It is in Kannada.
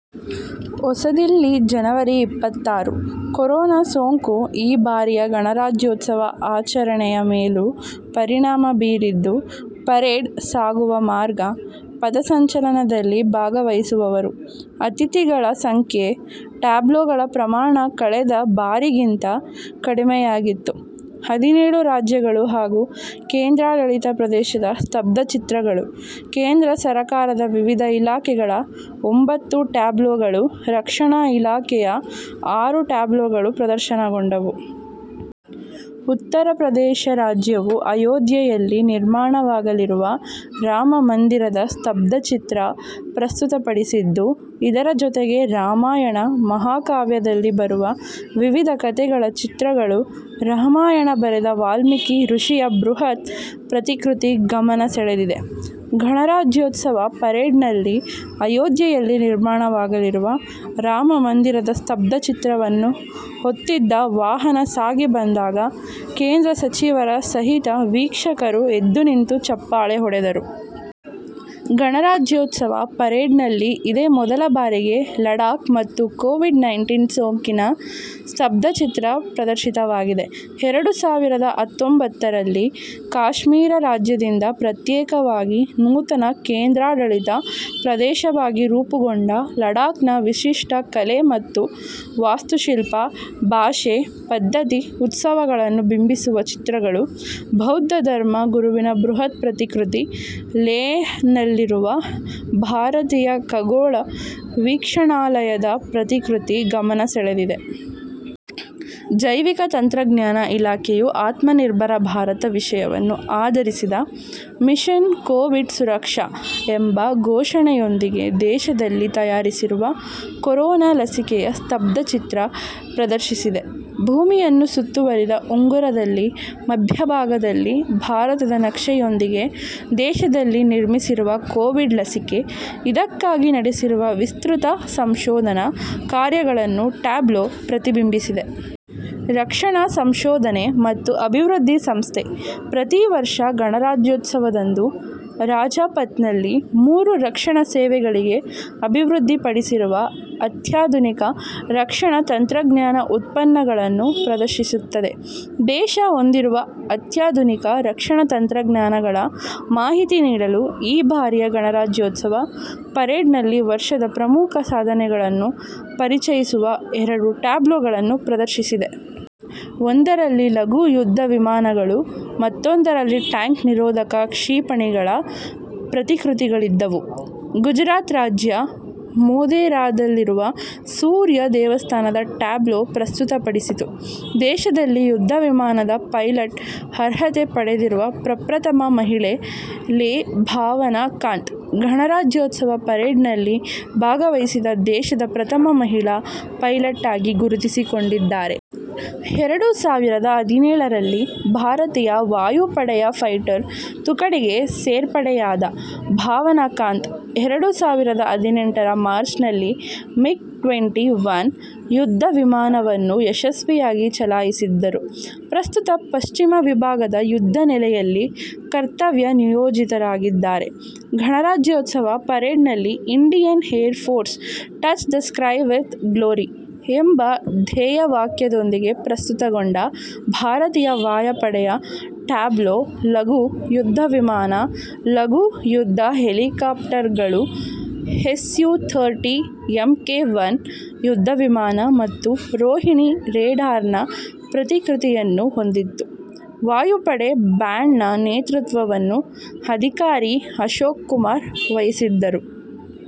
ಹೊಸದಿಲ್ಲಿ, ಜನವರಿ ಇಪ್ಪತ್ತಾರು: ಕೊರೋನ ಸೋಂಕು ಈ ಬಾರಿಯ ಗಣರಾಜ್ಯೋತ್ಸವ ಆಚರಣೆಯ ಮೇಲೂ ಪರಿಣಾಮ ಬೀರಿದ್ದು ಪರೇಡ್ ಸಾಗುವ ಮಾರ್ಗ, ಪಥಸಂಚಲನದಲ್ಲಿ ಭಾಗವಹಿಸುವವರು, ಅತಿಥಿಗಳ ಸಂಖ್ಯೆ, ಟ್ಯಾಬ್ಲೊಗಳ ಪ್ರಮಾಣ ಕಳೆದ ಬಾರಿಗಿಂತ ಕಡಿಮೆಯಾಗಿತ್ತು. ಹದಿನೇಳು ರಾಜ್ಯಗಳು ಹಾಗೂ ಕೇಂದ್ರಾಡಳಿತ ಪ್ರದೇಶದ ಸ್ತಬ್ಧಚಿತ್ರಗಳು, ಕೇಂದ್ರ ಸರಕಾರದ ವಿವಿಧ ಇಲಾಖೆಗಳ ಒಂಭತ್ತು ಟ್ಯಾಬ್ಲೊಗಳು, ರಕ್ಷಣಾ ಇಲಾಖೆಯ ಆರು ಟ್ಯಾಬ್ಲೊಗಳು ಪ್ರದರ್ಶನಗೊಂಡವು. ಉತ್ತರಪ್ರದೇಶ ರಾಜ್ಯವು ಅಯೋಧ್ಯೆಯಲ್ಲಿ ನಿರ್ಮಾಣವಾಗಲಿರುವ ರಾಮಮಂದಿರದ ಸ್ತಬ್ಧಚಿತ್ರ ಪ್ರಸ್ತುತಪಡಿಸಿದ್ದು ಇದರ ಜೊತೆಗೆ ರಾಮಾಯಣ ಮಹಾಕಾವ್ಯದಲ್ಲಿ ಬರುವ ವಿವಿಧ ಕತೆಗಳ ಚಿತ್ರಗಳು, ರಾಮಾಯಣ ಬರೆದ ವಾಲ್ಮೀಕಿ ಋಷಿಯ ಬೃಹತ್ ಪ್ರತಿಕೃತಿ ಗಮನ ಸೆಳೆದಿದೆ. ಗಣರಾಜ್ಯೋತ್ಸವ ಪರೇಡ್ನಲ್ಲಿ ಅಯೋಧ್ಯೆಯಲ್ಲಿ ನಿರ್ಮಾಣವಾಗಲಿರುವ ರಾಮಮಂದಿರದ ಸ್ತಬ್ಧಚಿತ್ರವನ್ನು ಹೊತ್ತಿದ್ದ ವಾಹನ ಸಾಗಿ ಬಂದಾಗ ಕೇಂದ್ರ ಸಚಿವರ ಸಹಿತ ವೀಕ್ಷಕರು ಎದ್ದುನಿಂತು ಚಪ್ಪಾಳೆ ಹೊಡೆದರು. ಗಣರಾಜ್ಯೋತ್ಸವ ಪರೇಡ್ನಲ್ಲಿ ಇದೇ ಮೊದಲ ಬಾರಿಗೆ ಲಡಾಕ್ ಮತ್ತು ಕೋವಿಡ್-ನೈನ್ಟೀನ್ ಸೋಂಕಿನ ಸ್ತಬ್ಧಚಿತ್ರ ಪ್ರದರ್ಶಿತವಾಗಿದೆ. ಎರಡು ಸಾವಿರದ ಹತ್ತೊಂಬತ್ತುರಲ್ಲಿ ಕಾಶ್ಮೀರ ರಾಜ್ಯದಿಂದ ಪ್ರತ್ಯೇಕವಾಗಿ ನೂತನ ಕೇಂದ್ರಾಡಳಿತ ಪ್ರದೇಶವಾಗಿ ರೂಪುಗೊಂಡ ಲಡಾಕ್ನ ವಿಶಿಷ್ಟ ಕಲೆ ಮತ್ತು ವಾಸ್ತುಶಿಲ್ಪ, ಭಾಷೆ, ಪದ್ಧತಿ, ಉತ್ಸವಗಳನ್ನು ಬಿಂಬಿಸುವ ಚಿತ್ರಗಳು, ಬೌದ್ಧ ಧರ್ಮ ಗುರುವಿನ ಬೃಹತ್ ಪ್ರತಿಕೃತಿ, ಲೇಹ್ನಲ್ಲಿರುವ ಭಾರತೀಯ ಖಗೋಳ ವೀಕ್ಷಣಾಲಯದ ಪ್ರತಿಕೃತಿ ಗಮನ ಸೆಳೆದಿದೆ. ಜೈವಿಕ ತಂತ್ರಜ್ಞಾನ ಇಲಾಖೆಯು ಆತ್ಮನಿರ್ಭರ ಭಾರತ ವಿಷಯವನ್ನು ಆಧರಿಸಿದ 'ಮಿಷನ್ ಕೋವಿಡ್ ಸುರಕ್ಷಾ' ಎಂಬ ಘೋಷಣೆಯೊಂದಿಗೆ ದೇಶದಲ್ಲಿ ತಯಾರಿಸಿರುವ ಕೊರೋನ ಲಸಿಕೆಯ ಸ್ತಬ್ಧಚಿತ್ರ ಪ್ರದರ್ಶಿಸಿದೆ. ಭೂಮಿಯನ್ನು ಸುತ್ತುವರಿದ ಉಂಗುರದಲ್ಲಿ ಮಧ್ಯಭಾಗದಲ್ಲಿ ಭಾರತದ ನಕ್ಷೆಯೊಂದಿಗೆ, ದೇಶದಲ್ಲಿ ನಿರ್ಮಿಸಿರುವ ಕೋವಿಡ್ ಲಸಿಕೆ, ಇದಕ್ಕಾಗಿ ನಡೆಸಿರುವ ವಿಸ್ತೃತ ಸಂಶೋಧನಾ ಕಾರ್ಯಗಳನ್ನು ಟ್ಯಾಬ್ಲೊ ಪ್ರತಿಬಿಂಬಿಸಿದೆ. ರಕ್ಷಣಾ ಸಂಶೋಧನೆ ಮತ್ತು ಅಭಿವೃದ್ಧಿ ಸಂಸ್ಥೆ ಪ್ರತೀ ವರ್ಷ ಗಣರಾಜ್ಯೋತ್ಸವದಂದು ರಾಜಪಥ್ನಲ್ಲಿ ಮೂರೂ ರಕ್ಷಣಾ ಸೇವೆಗಳಿಗೆ ಅಭಿವೃದ್ಧಿಪಡಿಸಿರುವ ಅತ್ಯಾಧುನಿಕ ರಕ್ಷಣಾ ತಂತ್ರಜ್ಞಾನ ಉತ್ಪನ್ನಗಳನ್ನು ಪ್ರದರ್ಶಿಸುತ್ತದೆ. ದೇಶ ಹೊಂದಿರುವ ಅತ್ಯಾಧುನಿಕ ರಕ್ಷಣಾ ತಂತ್ರಜ್ಞಾನಗಳ ಮಾಹಿತಿ ನೀಡಲು ಈ ಬಾರಿಯ ಗಣರಾಜ್ಯೋತ್ಸವ ಪರೇಡ್ನಲ್ಲಿ ವರ್ಷದ ಪ್ರಮುಖ ಸಾಧನೆಗಳನ್ನು ಪರಿಚಯಿಸುವ ಎರಡು ಟ್ಯಾಬ್ಲೊಗಳನ್ನು ಪ್ರದರ್ಶಿಸಿದೆ. ಒಂದರಲ್ಲಿ ಲಘು ಯುದ್ಧವಿಮಾನಗಳು, ಮತ್ತೊಂದರಲ್ಲಿ ಟ್ಯಾಂಕ್ ನಿರೋಧಕ ಕ್ಷಿಪಣಿಗಳ ಪ್ರತಿಕೃತಿಗಳಿದ್ದವು. ಗುಜರಾತ್ ರಾಜ್ಯ ಮೊಧೇರಾದಲ್ಲಿರುವ ಸೂರ್ಯ ದೇವಸ್ಥಾನದ ಟ್ಯಾಬ್ಲೊ ಪ್ರಸ್ತುತ ಪಡಿಸಿತು. ದೇಶದಲ್ಲಿ ಯುದ್ಧವಿಮಾನದ ಪೈಲಟ್ ಅರ್ಹತೆ ಪಡೆದಿರುವ ಪ್ರಪ್ರಥಮ ಮಹಿಳೆ ಲೆ ಭಾವನಾ ಕಾಂತ್, ಗಣರಾಜ್ಯೋತ್ಸವ ಪರೇಡ್ನಲ್ಲಿ ಭಾಗವಹಿಸಿದ ದೇಶದ ಪ್ರಥಮ ಮಹಿಳಾ ಪೈಲಟ್ ಆಗಿ ಗುರುತಿಸಿಕೊಂಡಿದ್ದಾರೆ. ಎರಡು ಸಾವಿರದ ಹದಿನೇಳರಲ್ಲಿ ಭಾರತೀಯ ವಾಯುಪಡೆಯ ಫೈಟರ್ ತುಕಡಿಗೆ ಸೇರ್ಪಡೆಯಾದ ಭಾವನಾ ಕಾಂತ್, ಎರಡು ಸಾವಿರದ ಹದಿನೆಂಟರ ಮಾರ್ಚ್ನಲ್ಲಿ ಮಿಗ್-ಟ್ವೆಂಟಿ ಒನ್ ಯುದ್ಧವಿಮಾನವನ್ನು ಯಶಸ್ವಿಯಾಗಿ ಚಲಾಯಿಸಿದ್ದರು. ಪ್ರಸ್ತುತ ಪಶ್ಚಿಮ ವಿಭಾಗದ ಯುದ್ಧನೆಲೆಯಲ್ಲಿ ಕರ್ತವ್ಯ ನಿಯೋಜಿತರಾಗಿದ್ದಾರೆ. ಗಣರಾಜ್ಯೋತ್ಸವ ಪರೇಡ್ನಲ್ಲಿ 'Indian air force: touch the sky with glory' ಎಂಬ ಧ್ಯೇಯವಾಕ್ಯದೊಂದಿಗೆ ಪ್ರಸ್ತುತಗೊಂಡ ಭಾರತೀಯ ವಾಯಪಡೆಯ ಟ್ಯಾಬ್ಲೊ ಲಘು ಯುದ್ಧವಿಮಾನ, ಲಘು ಯುದ್ಧ ಹೆಲಿಕಾಪ್ಟರ್ಗಳು, ಎಸ್ಯು- ಥರ್ಟಿ ಎಂಕೆ-ಒನ್ ಯುದ್ಧವಿಮಾನ ಮತ್ತು ರೋಹಿಣಿ ರೇಡಾರ್ನ ಪ್ರತಿಕೃತಿಯನ್ನು ಹೊಂದಿತ್ತು. ವಾಯುಪಡೆ ಬ್ಯಾಂಡ್ನ ನೇತೃತ್ವವನ್ನು ಅಧಿಕಾರಿ ಅಶೋಕ್ ಕುಮಾರ್ ವಹಿಸಿದ್ದರು.